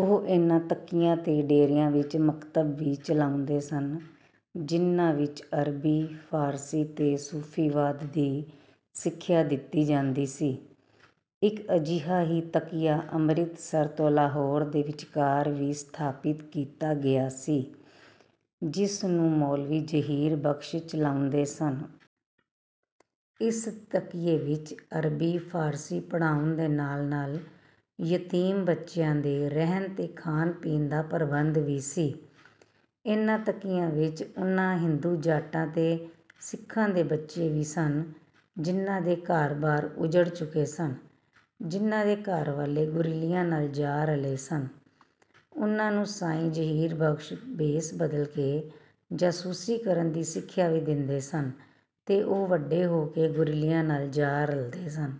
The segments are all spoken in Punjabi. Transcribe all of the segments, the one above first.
ਉਹ ਇਹਨਾਂ ਤਕੀਆਂ ਤੇ ਡੇਰਿਆਂ ਵਿੱਚ ਮਕਤਬ ਵੀ ਚਲਾਉਂਦੇ ਸਨ, ਜਿਹਨਾਂ ਵਿੱਚ ਅਰਬੀ, ਫਾਰਸੀ ਤੇ ਸੂਫੀਵਾਦ ਦੀ ਸਿੱਖਿਆ ਦਿੱਤੀ ਜਾਂਦੀ ਸੀ। ਇੱਕ ਅਜਿਹਾ ਹੀ ਤਕੀਆ ਅੰਮ੍ਰਿਤਸਰ ਤੋ ਲਾਹੌਰ ਦੇ ਵਿਚਕਾਰ ਵੀ ਸਥਾਪਤ ਕੀਤਾ ਗਿਆ ਸੀ, ਜਿਸ ਨੂੰ ਮੌਲਵੀ ਜ਼ਹੀਰ ਬਖ਼ਸ਼ ਚਲਾਉਂਦੇ ਸਨ। ਇਸ ਤਕੀਏ ਵਿੱਚ ਅਰਬੀ, ਫਾਰਸੀ ਪੜ੍ਹਾਉਣ ਦੇ ਨਾਲ-ਨਾਲ ਯਤੀਮ ਬੱਚਿਆਂ ਦੇ ਰਹਿਣ ਤੇ ਖਾਣ-ਪੀਣ ਦਾ ਪ੍ਰਬੰਧ ਵੀ ਸੀ। ਇਹਨਾਂ ਤਕੀਆਂ ਵਿੱਚ ਉਹਨਾਂ ਹਿੰਦੂ-ਜਾਟਾਂ ਤੇ ਸਿੱਖਾਂ ਦੇ ਬੱਚੇ ਵੀ ਸਨ ਜਿਹਨਾਂ ਦੇ ਘਰ-ਬਾਰ ਉੱਜੜ ਚੁੱਕੇ ਸਨ ਜਿਹਨਾਂ ਦੇ ਘਰਵਾਲੇ ਗੁਰੀਲਿਆਂ ਨਾਲ ਜਾ ਰਲੇ ਸਨ, ਉਹਨਾਂ ਨੂੰ ਸਾਈਂ ਜ਼ਹੀਰ ਬਖ਼ਸ਼ ਭੇਸ ਬਦਲ ਕੇ ਜਾਸੂਸੀ ਕਰਨ ਦੀ ਸਿੱਖਿਆ ਵੀ ਦਿੰਦੇ ਸਨ ਤੇ ਉਹ ਵੱਡੇ ਹੋ ਕੇ ਗੁਰੀਲਿਆਂ ਨਾਲ ਜਾ ਰਲਦੇ ਸਨ।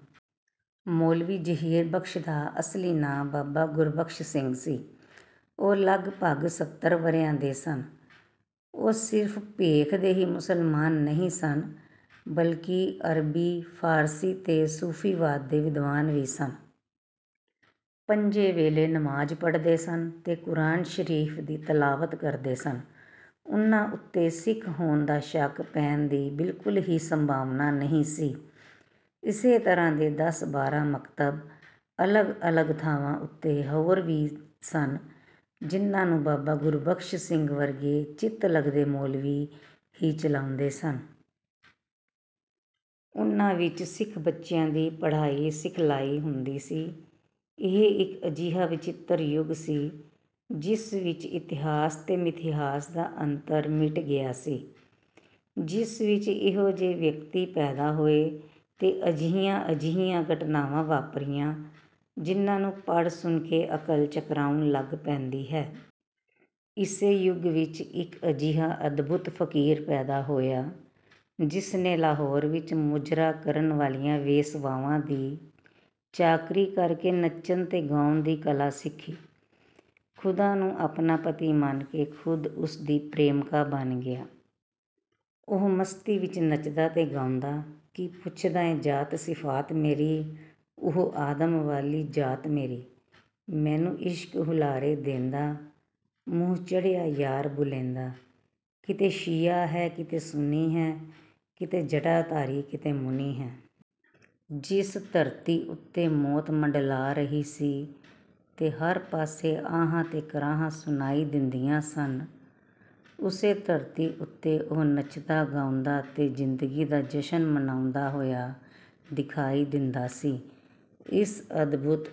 ਮੌਲਵੀ ਜ਼ਹੀਰ ਬਖ਼ਸ਼ ਦਾ ਅਸਲੀ ਨਾਂ ਬਾਬਾ ਗੁਰਬਖ਼ਸ਼ ਸਿੰਘ ਸੀ। ਉਹ ਲਗਭਗ ਸੱਤਰ ਵਰ੍ਹਿਆਂ ਦੇ ਸਨ। ਉਹ ਸਿਰਫ਼ ਭੇਖ ਦੇ ਹੀ ਮੁਸਲਮਾਨ ਨਹੀਂ ਸਨ, ਬਲਕਿ ਅਰਬੀ, ਫਾਰਸੀ ਤੇ ਸੂਫੀਵਾਦ ਦੇ ਵਿਦਵਾਨ ਵੀ ਸਨ। ਪੰਜੇ ਵੇਲੇ ਨਮਾਜ਼ ਪੜ੍ਹਦੇ ਸਨ ਤੇ ਕੁਰਾਨ ਸ਼ਰੀਫ਼ ਦੀ ਤਲਾਵਤ ਕਰਦੇ ਸਨ। ਉਹਨਾਂ ਉੱਤੇ ਸਿੱਖ ਹੋਣ ਦਾ ਸ਼ੱਕ ਪੈਣ ਦੀ ਬਿਲਕੁਲ ਹੀ ਸੰਭਾਵਨਾ ਨਹੀਂ ਸੀ। ਇਸੇ ਤਰ੍ਹਾਂ ਦੇ ਦਸ-ਬਾਰਾਂ ਮਕਤਬ, ਅਲੱਗ-ਅਲੱਗ ਥਾਵਾਂ ਉੱਤੇ, ਹੋਰ ਵੀ ਸਨ ਜਿਹਨਾਂ ਨੂੰ ਬਾਬਾ ਗੁਰਬਖ਼ਸ਼ ਸਿੰਘ ਵਰਗੇ ਚਿੱਤ-ਲਗਦੇ ਮੌਲਵੀ ਹੀ ਚਲਾਉਂਦੇ ਸਨ। ਉਹਨਾਂ ਵਿੱਚ ਸਿੱਖ ਬੱਚਿਆਂ ਦੀ ਪੜ੍ਹਾਈ-ਸਿਖਲਾਈ ਹੁੰਦੀ ਸੀ। ਇਹ ਇੱਕ ਅਜਿਹਾ ਵਚਿੱਤਰ ਯੁੱਗ ਸੀ, ਜਿਸ ਵਿੱਚ ਇਤਿਹਾਸ ਤੇ ਮਿਥਿਹਾਸ ਦਾ ਅੰਤਰ ਮਿਟ ਗਿਆ ਸੀ। ਜਿਸ ਵਿੱਚ ਇਹੋ ਜਿਹੇ ਵਿਅਕਤੀ ਪੈਦਾ ਹੋਏ ਤੇ ਅਜਿਹੀਆਂ-ਅਜਿਹੀਆਂ ਘਟਨਾਵਾਂ ਵਾਪਰੀਆਂ, ਜਿਹਨਾਂ ਨੂੰ ਪੜ੍ਹ-ਸੁਣ ਕੇ ਅਕਲ ਚਕਰਾਉਣ ਲੱਗ ਪੈਂਦੀ ਹੈ। ਇਸੇ ਯੁੱਗ ਵਿੱਚ ਇੱਕ ਅਜਿਹਾ ਅਦਭੁਤ ਫਕੀਰ ਪੈਦਾ ਹੋਇਆ, ਜਿਸ ਨੇ ਲਾਹੌਰ ਵਿੱਚ ਮੁਜਰਾ ਕਰਨ ਵਾਲੀਆਂ ਵੇਸਵਾਵਾਂ ਦੀ ਚਾਕਰੀ ਕਰਕੇ ਨੱਚਣ ਤੇ ਗਾਉਣ ਦੀ ਕਲਾ ਸਿੱਖੀ। ਖ਼ੁਦਾ ਨੂੰ ਆਪਣਾ ਪਤੀ ਮੰਨ ਕੇ ਖ਼ੁਦ ਉਸਦੀ ਪ੍ਰੇਮਕਾ ਬਣ ਗਿਆ। ਉਹ ਮਸਤੀ ਵਿੱਚ ਨੱਚਦਾ ਤੇ ਗਾਉਂਦਾ, 'ਕੀ ਪੁੱਛਦਾਏਂ ਜਾਤ ਸਿਫਾਤ ਮੇਰੀ, ਓਹੋ ਆਦਮ ਵਾਲੀ ਜਾਤ ਮੇਰੀ। ਮੈਨੂੰ ਇਸ਼ਕ ਹੁਲਾਰੇ ਦੇਂਦਾ, ਮੂੰਹ ਚੜ੍ਹਿਆ ਯਾਰ ਬੁਲੇਂਦਾ। ਕਿਤੇ ਸ਼ੀਆ ਹੈ ਕਿਤੇ ਸੁਨੀ ਹੈ, ਕਿਤੇ ਜਟਾਧਾਰੀ ਕਿਤੇ ਮੁਨੀ ਹੈ। ਜਿਸ ਧਰਤੀ ਉੱਤੇ ਮੌਤ ਮੰਡਲਾ ਰਹੀ ਸੀ ਤੇ ਹਰ ਪਾਸੇ ਆਹਾਂ ਤੇ ਕਰਾਹਾਂ ਸੁਣਾਈ ਦਿੰਦੀਆਂ ਸਨ, ਉਸੇ ਧਰਤੀ ਉੱਤੇ ਉਹ ਨੱਚਦਾ ਗਾਉਂਦਾ ਤੇ ਜ਼ਿੰਦਗੀ ਦਾ ਜਸ਼ਨ ਮਨਾਉਂਦਾ ਹੋਇਆ ਦਿਖਾਈ ਦਿੰਦਾ ਸੀ। ਇਸ ਅਦਭੁਤ